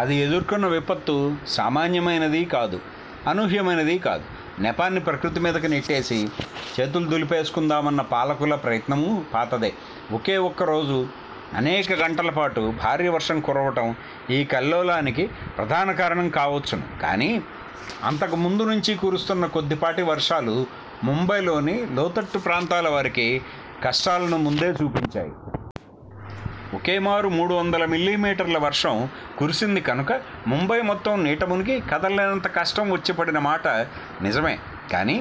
అది ఎదుర్కొన్న విపత్తు సామాన్యమైనదీ కాదు, అనూహ్యమైనదీ కాదు. నెపాన్ని ప్రకృతి మీదకు నెట్టేసి చేతులు దులిపేసుకుందామన్న పాలకుల ప్రయత్నమూ పాతదే. ఒకే ఒక్కరోజు అనేక గంటలపాటు భారీ వర్షం కురవడం ఈ కల్లోలానికి ప్రధాన కారణం కావచ్చును కానీ, అంతకుముందు నుంచీ కురుస్తున్న కొద్దిపాటి వర్షాలు ముంబైలోని లోతట్టుప్రాంతాల వారికి కష్టాలను ముందే చూపించాయి. ఒకేమారు మూడువందల మిల్లీమీటర్ల వర్షం కురిసింది కనుక ముంబై మొత్తం నీటమునిగి, కదల్లేనంత కష్టం వచ్చిపడినమాట నిజమే కానీ,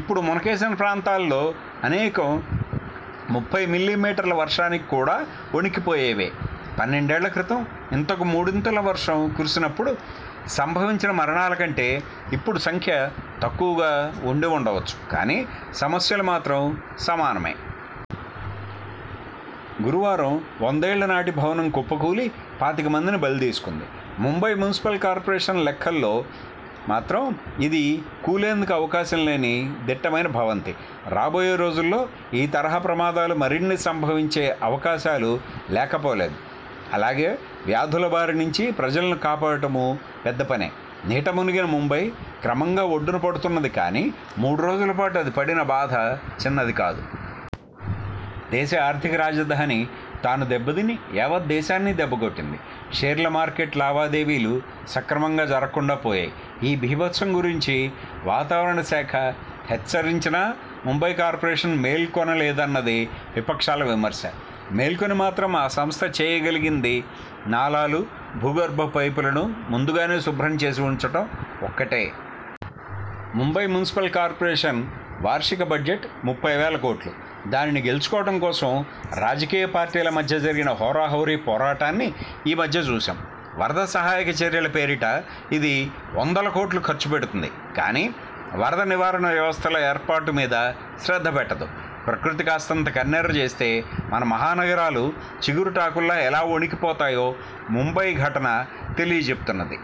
ఇప్పుడు మునకేసిన ప్రాంతాల్లో అనేకం ముప్పై మిల్లీమీటర్ల వర్షానికి కూడా వొణికిపోయేవే. పన్నెండేళ్ళ క్రితం ఇంతకు మూడింతల వర్షం కురిసినప్పుడు సంభవించిన మరణాల కంటే ఇప్పుడు సంఖ్య తక్కువగా ఉండివుండవచ్చు కానీ, సమస్యలు మాత్రం సమానమే. గురువారం వందేళ్ళనాటి భవనం కుప్పకూలి పాతికమందిని బలితీసుకుంది. ముంబై మునిసిపల్ కార్పొరేషన్ లెక్కల్లో మాత్రం ఇది కూలేందుకు అవకాశంలేని దిట్టమైన భవంతి. రాబోయే రోజుల్లో ఈ తరహా ప్రమాదాలు మరిన్ని సంభవించే అవకాశాలు లేకపోలేదు. అలాగే, వ్యాధుల బారినుంచి ప్రజలను కాపాడటమూ పెద్దపనే. నీటమునిగిన ముంబై క్రమంగా ఒడ్డునపడుతున్నది కానీ, మూడురోజుల పాటు అది పడిన బాధ చిన్నది కాదు. దేశ ఆర్థిక రాజధాని తాను దెబ్బతిని యావత్ దేశాన్ని దెబ్బకొట్టింది. షేర్లమార్కెట్ లావాదేవీలు సక్రమంగా జరగకుండా పోయాయి. ఈ బీభత్సం గురించి వాతావరణ శాఖ హెచ్చరించినా ముంబై కార్పొరేషన్ మేల్కొనలేదన్నది విపక్షాల విమర్శ. మేల్కొని మాత్రం ఆ సంస్థ చేయగలిగింది నాలాలు, భూగర్భ పైపులను ముందుగానే శుభ్రం చేసివుంచడం ఒక్కటే. ముంబై మునిసిపల్ కార్పొరేషన్ వార్షిక బడ్జెట్ ముప్పైవేల కోట్లు. దానిని గెలుచుకోవడం కోసం రాజకీయపార్టీల మధ్య జరిగిన హోరాహోరీ పోరాటాన్ని ఈ మధ్య చూశాం. వరదసహాయక చర్యల పేరిట ఇది వందలకోట్లు ఖర్చుపెడుతుంది కానీ, వరద నివారణ వ్యవస్థల ఏర్పాటుమీద శ్రద్ధపెట్టదు. ప్రకృతి కాస్తంత కన్నెర్రచేస్తే మన మహానగరాలు చిగురాటుకుల్లా ఎలా వొణికిపోతాయో ముంబై ఘటన తెలియచెబుతున్నది.